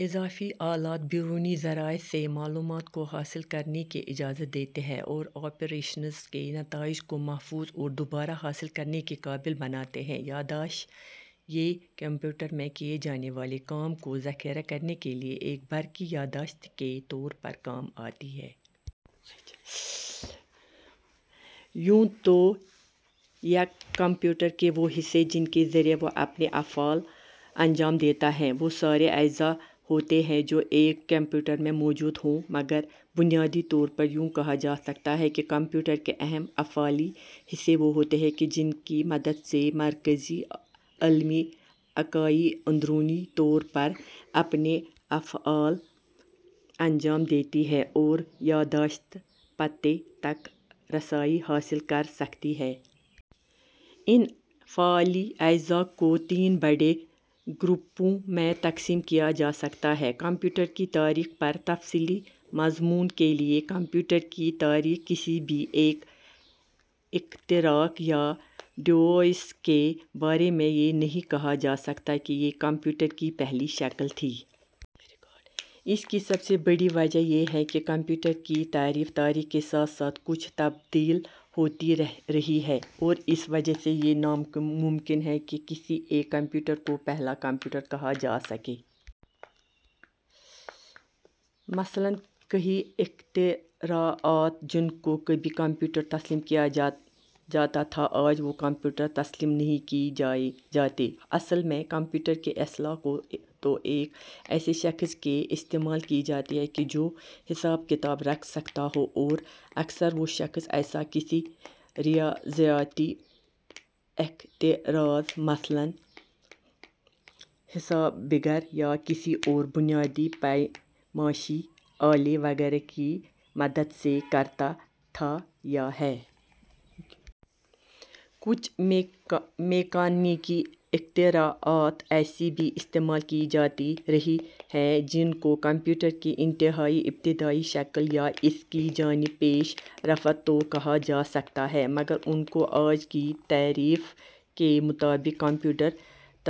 اضافی آلات بیرونی ذرائع سے معلومات کو حاصل کرنے کی اجازت دیتے ہیں اور آپریشنز کے نتائج کو محفوظ اور دوبارہ حاصل کرنے کے قابل بناتے ہیں۔ یاداشت ، یہ کمپیوٹر میں کیے جانے والے کام کو ذخیرہ کرنے کے لیے ایک برقی یاداشت کے طور پر کام آتی ہے۔ یوں تو یک کمپیوٹر کے وہ حصے جن کے ذریعہ وہ اپنے افعال انجام دیتا ہے وہ سارے اجزاء ہوتے ہیں جو ایک کمپیوٹر میں موجود ہوں۔ مگر بنیادی طور پر یوں کہا جا سکتا ہے کہ کمپیوٹر کے اہم افعالی حصے وہ ہوتے ہیں کہ جن کی مدد سے مرکزی عملی اکائی اندرونی طور پر اپنے افعال انجام دیتی ہے اور یاداشتی پتے تک رسائی حاصل کرسکتی ہے۔ ان فعالی اجزاء کو تین بڑے گروہوں میں تقسیم کیا جا سکتا ہے۔ کمپیوٹر کی تاریخ پر تفصیلی مضمون کے لیے کمپیوٹر کی تاریخ کسی بھی ایک اختراع یا ڈیوائس کے بارے میں یہ نہیں کہا جا سکتا کہ یہ کمپیوٹر کی پہلی شکل تھی۔ اس کی سب سے بڑی وجہ یہ ہے کہ کمپیوٹر کی تعریف تاریخ کے ساتھ ساتھ کچھ تبدیل ہوتی رہی ہے اور اسی وجہ سے یہ ناممکن ہے کہ کسی ایک کمپیوٹر کو پہلا کمپیوٹر کہا جاسکے۔ مثلاً کئی اختراعات جن کو کبھی کمپیوٹر تسلیم کیا جاتا تھا آج وہ کمپیوٹر تسلیم نہیں کی جاتیں۔ اصل میں کمپیوٹر کی اصطلاح تو ایک ایسے شخص کے لیے استعمال کی جاتی تھی کہ جو حساب کتاب رکھ سکتا ہو اور اکثر وہ شخص ایسا کسی ریاضیاتی اختراع مثلاً حسابگر یا کسی اور بنیادی پیمائشی آلے وغیرہ کی مدد سے کرتا تھا یا ہے۔ کچھ میکانیکی اختراعات ایسی بھی استعمال کی جاتی رہی ہیں جن کو کمپیوٹر کی انتہائی ابتدائی شکل یا اس کی جانب پیش رفت تو کہا جا سکتا ہے مگر ان کو آج کی تعریف کے مطابق کمپیوٹر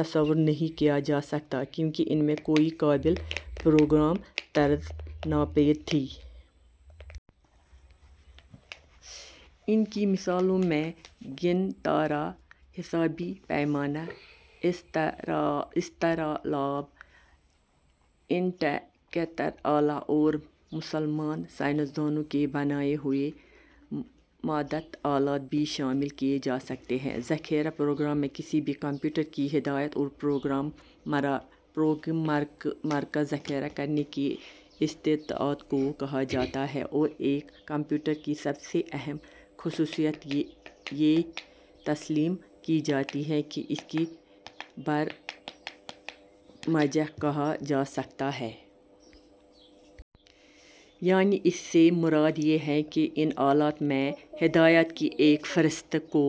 تصور نہیں کیا جا سکتا کیونکہ ان میں کوئی قابل پروگرام طرز ناپید تھی۔ ان کی مثالوں میں گنتارا ، حسابی پیمانہ ، اسطرلاب ، انٹیکتیرا آلیہ اور مسلمان سائنسدانوں کے بنائے ہوئے متعدد آلات بھی شامل کیے جا سکتے ہیں،۔ ذخیرۂ پروگرام کسی بھی کمپیوٹر کی ہدایات اور پروگرامز کو ذخیرہ کرنے کی استعداد کو کہا جاتا ہے اور ایک کمپیوٹر کی سب سے اہم خصوصیت ہی یہ تسلیم کی جاتی ہے کہ اس کو برمجہ کیا جا سکتا ہے۔ یعنی اس سے مراد یہ ہے کہ ان آلات میں ہدایات کی ایک فہرست کو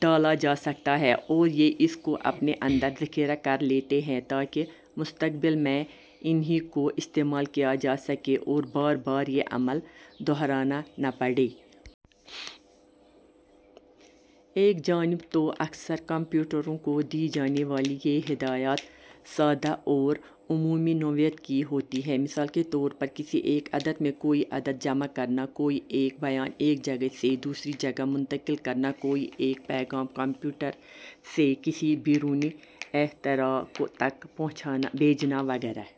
ڈالا جا سکتا ہے اور یہ اس کو اپنے اندر ذخیرہ کرلیتے ہیں تاکہ مستقبل میں انھی کو استعمال کیا جاسکے اور بار بار یہ عمل دہرانا نہ پڑے۔ ایک جانب تو اکثر کمپیوٹروں کو دی جانے والی یہ ہدایات سادہ اور عمومی نوعیت کی ہوتی ہیں: مثال کے طور پر کسی ایک عدد میں کوئی عدد جمع کرنا، کوئی ایک بیان ایک جگہ سے دوسری جگہ منتقل کرنا، کوئی ایک پیغام کمپیوٹر سے کسی بیرونی اختراع تک بھیجنا وغیرہ۔